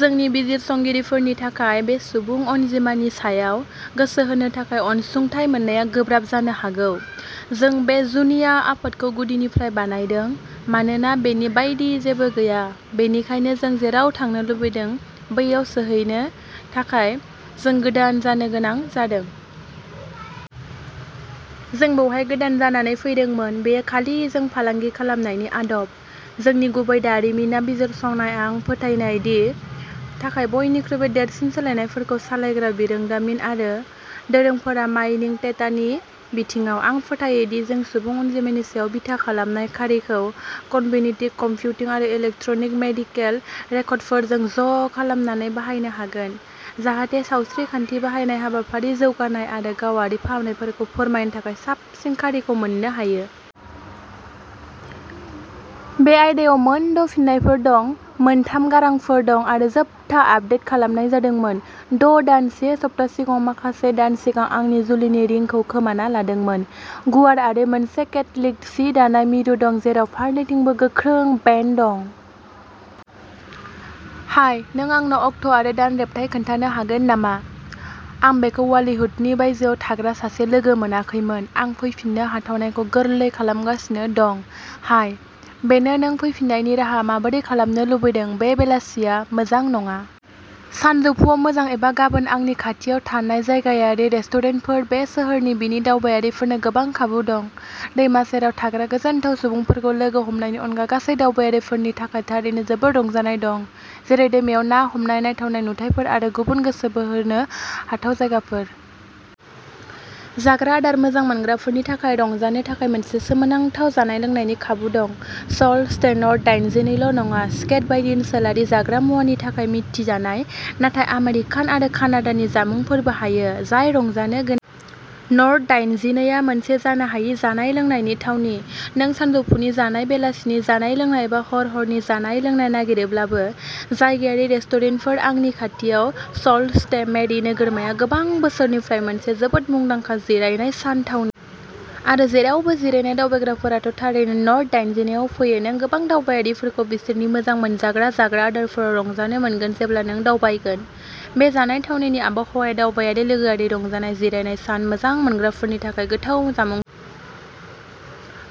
जोंनि बिजिरसंगिरिफोरनि थाखाय बे सुबुं अनजिमानि सायाव गोसो होनो थाखाय अनसुंथाय मोननाया गोब्राब जानो हागौ। जों बे जुनिया आफादखौ गुदिनिफ्राय बानायदों। मानोना बेनि बायदि जेबो गैया, बेनिखायनो जों जेराव थांनो लुबैदों बैयाव सैहैनो थाखाय जों गोदान जानो गोनां जादों। जों बेवहाय गोदान जानानै फैदोंमोन। बेयो खालि जों फालांगि खालामनायनि आदब। जोंनि गुबै "दारिमिन" आ बिजिरसंनाय आं फोथायनाय दि थाखाय बयनिख्रुइबो देरसिन सोलायनायफोरखौ सालायग्रा बिरोंदामिन आरो दोरोंफोरा माइनिं डेटानि बिथिङाव। आं फोथायो दि जों सुबुं अनजिमानि सायाव बिथा खालामनाय खारिखौ कगनिटिभ कम्पिउटिं आरो इलेक्ट्रनिक मेडिकेल रेकर्डफोरजों ज'खालामनानै बाहायनो हागोन जाहाथे सावस्रि खान्थि बानायनाय, हाबाफारि जौगानाय आरो गावारि फाहामनायफोरखौ फोरमायनो थाखाय साबसिन खारिखौ मोननो हायो। बे आयदायाव मोन द' फिननायफोर दं, मोन थाम गारांफोर दं, आरो जोबथा आपदेट खालामनाय जादोंमोन द' दान, से सप्ता सिगांहाय माखासे दान सिगां आंनि जुलिनि रिंखौ खोमाना लादोंमोन। गुवार आरो मोनसे केल्टिक सि दानाय मिरु दं, जेराव फारनैथिंबो गोख्रों बेन्ड दं। हाय, नों आंनो अक्ट'आरो दानरेब्थाय खोन्थानो हागोन नामा? आं बेखौ वाल्लिहुडनि बायजोआव थाग्रा सासे लोगो मोनाखैमोन। आं फैफिननो हाथावनाखौ गोरलै खालामगासिनो दं। हाय, बेनो नों फैफिन्नायनि राहा माबोरै खालामनो लुबैदों। बे बेलासिया मोजां नङा। सानजौफुआव मोजां एबा गाबोन आंनि खाथियाव थानाय जायगायारि रेस्टुरेन्टफोर बे सोहोरनि बिनि दावबायारिफोरनो गोबां खाबु दं, दैमा सेराव थाग्रा गोजोनथाव सुबुंफोरखौ लोगो हमनायनि अनगा गासै दावबायारिफोरनि थाखाय थारैनो जोबोद रंजानाय दं, जेरै दैमायाव ना हमनाय, नायथावना नुथायफोर आरो गुबुन गोसो बोनो हाथाव जायगाफोर। जाग्रा आदार मोजां मोनग्राफोरनि थाखाय रंजानो थाखाय मोनसे सोमोनांथाव जानाय लोंनायनि खाबु दं। Salt stay. नर्थ दाइनजिनै ल'नङा। स्टेक बायदि ओनसोलारि जाग्रा मुवानि थाखाय मिथिजानाय, नाथाय आमेरिकान आरो कानाडानि जामुंफोरबो होयो, जाय रंजानो गोनां। नर्थ दाइनजिनै आ मोनसे जानो हायै जानाय-लोंनायनि थावनि, नों सानजौफुनि जानाय, बेलासानि जानाय-लोंनाय एबा हर-हरनि जानाय-लोंनाय नागिरोब्लाबो। जायगायारि रेस्टुरेन्टफोर आंनि खाथियावः सल्ट स्टे. मेरि नोगोरमाया गोबां बोसोरनिफ्राय मोनसे जोबोद मुंदांखा जिरायनाय सान थावनि। आरो जेरावबो जिरायनाय दावबायग्राफोरा थारैनो नर्थ दाइनजिनै आव फैयो। नों गोबां दावबायारिफोरखौ बिसोरनि मोजां मोनजाग्रा जाग्रा आदारफोराव रंजानो मोनगोन जेब्ला नों दावबायगोन। बे जानाय थावनिनि आबहावाया दावबायारि लोगोआरि रंजानाय जिरायनाय सान मोजां मोनग्राफोरनि थाखाय गोथाव जामुं।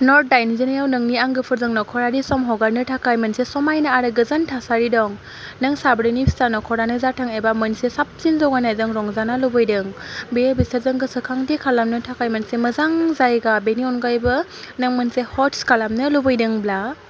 नर्थ दाइनजिनै आव नोंनि आंगोफोरजों नखरारि सम हगारनो थाखाय मोनसे समायना आरो गोजोन थासारि दं। नों साब्रैनि फिसा नखरानो जाथों एबा मोनसे साबसिन ज'जानायजों रंजानो लुबैदों। बेयो बिसोरजों गोसोखांथि खालामनो थाखाय मोनसे मोजां जायगा । बेनि अनगायैबो नों मोनसे ह'स्ट खालामनो लुबैदोंब्ला।